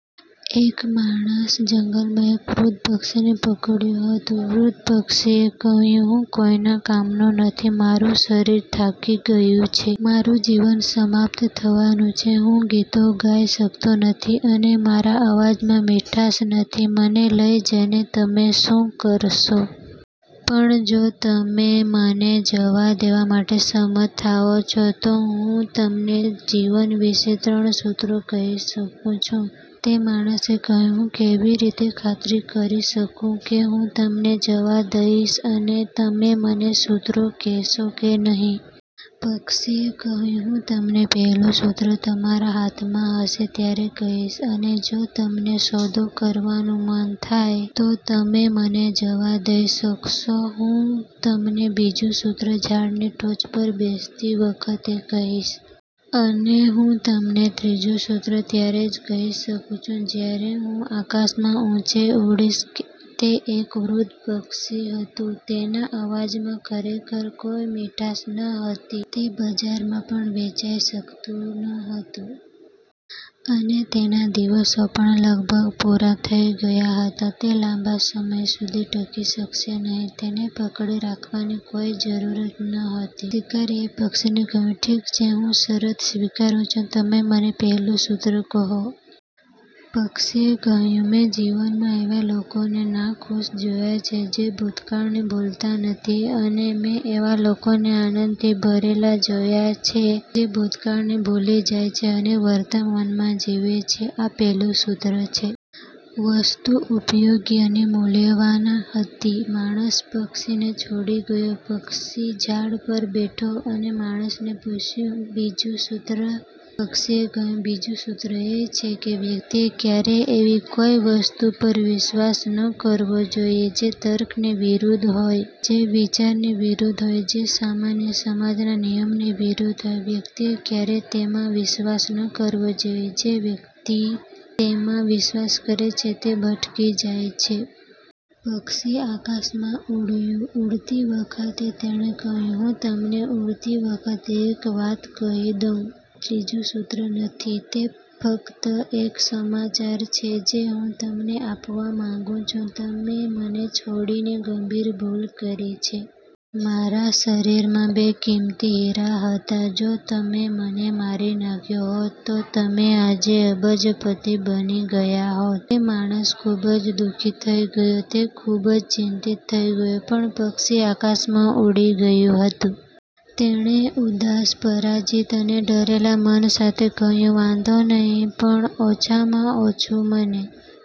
એક માણસે જંગલમાં એક વૃદ્ધ પક્ષીને પકડ્યું હતું. વૃદ્ધ પક્ષીએ કહ્યું: હું કોઈના કામનો નથી, મારું શરીર થાકી ગયું છે, મારું જીવન સમાપ્ત થવાનું છે, હું ગીતો ગાઈ શકતો નથી, અને મારા અવાજમાં મીઠાશ નથી, મને લઈ જઈને તમે શું કરશો? પણ જો તમે મને જવા દેવા માટે સંમત થાઓ છો, તો હું તમને જીવન વિશે ત્રણ સૂત્રો કહી શકું છું. તે માણસે કહ્યું: હું કેવી રીતે ખાતરી કરી શકું કે હું તમને જવા દઈશ અને તમે મને સૂત્રો કહેશો કે નહીં? પક્ષીએ કહ્યું: હું તમને પહેલું સૂત્ર તમારા હાથમાં હશે ત્યારે કહીશ. અને જો તમને સોદો કરવાનું મન થાય, તો તમે મને જવા દઈ શકો છો. હું તમને બીજું સૂત્ર ઝાડની ટોચ પર બેસતી વખતે કહીશ. અને હું તમને ત્રીજું સૂત્ર ત્યારે જ કહી શકું છું જ્યારે હું આકાશમાં ઊંચે ઉડીશ. તે એક વૃદ્ધ પક્ષી હતું, તેના અવાજમાં ખરેખર કોઈ મીઠાશ નહોતી, તે બજારમાં પણ વેચાઈ શકતું ન હતું. અને તેના દિવસો પણ લગભગ પૂરા થઈ ગયા હતા, તે લાંબા સમય સુધી ટકી શકશે નહીં. તેને પકડી રાખવાની કોઈ જરૂર નહોતી. શિકારીએ પક્ષીને કહ્યું: ઠીક છે, હું શરત સ્વીકારું છું. તમે મને પહેલું સૂત્ર કહો. પક્ષીએ કહ્યું: મેં જીવનમાં એવા લોકોને નાખુશ જોયા છે જે ભૂતકાળને ભૂલતા નથી. અને મેં એવા લોકોને આનંદથી ભરેલા જોયા છે જે ભૂતકાળને ભૂલી જાય છે અને વર્તમાનમાં જીવે છે, આ પહેલું સૂત્ર છે. વસ્તુ ઉપયોગી અને મૂલ્યવાન હતી. માણસ પક્ષીને છોડી ગયો. પક્ષી ઝાડ પર બેઠો અને માણસે પૂછ્યું, બીજું સૂત્ર? પક્ષીએ કહ્યું: બીજું સૂત્ર એ છે કે વ્યક્તિએ ક્યારેય એવી કોઈ વસ્તુ પર વિશ્વાસ ન કરવો જોઈએ જે તર્કની વિરુદ્ધ હોય, જે વિચારની વિરુદ્ધ હોય, જે સામાન્ય સમજના નિયમોની વિરુદ્ધ હોય, વ્યક્તિએ ક્યારેય તેમાં વિશ્વાસ ન કરવો જોઈએ, જે વ્યક્તિ તેમાં વિશ્વાસ કરે છે તે ભટકી જાય છે. પક્ષી આકાશમાં ઉડ્યું. ઉડતી વખતે તેણે કહ્યું: હું તમને ઉડતી વખતે એક વાત કહી દઉં, આ ત્રીજું સૂત્ર નથી, તે ફક્ત એક સમાચાર છે જે હું તમને આપવા માંગુ છું. તમે મને છોડીને ગંભીર ભૂલ કરી છે. મારા શરીરમાં બે કિંમતી હીરા હતા. જો તમે મને મારી નાખ્યો હોત, તો તમે આજે અબજોપતિ બની ગયા હોત. તે માણસ ખૂબ જ દુઃખી થઈ ગયો. તે ખૂબ જ ચિંતિત થઈ ગયો. પણ પક્ષી આકાશમાં ઉડી ગયું હતું. તેણે ઉદાસ, પરાજિત અને ડરેલા મન સાથે કહ્યું: વાંધો નહીં, પણ ઓછામાં ઓછું મને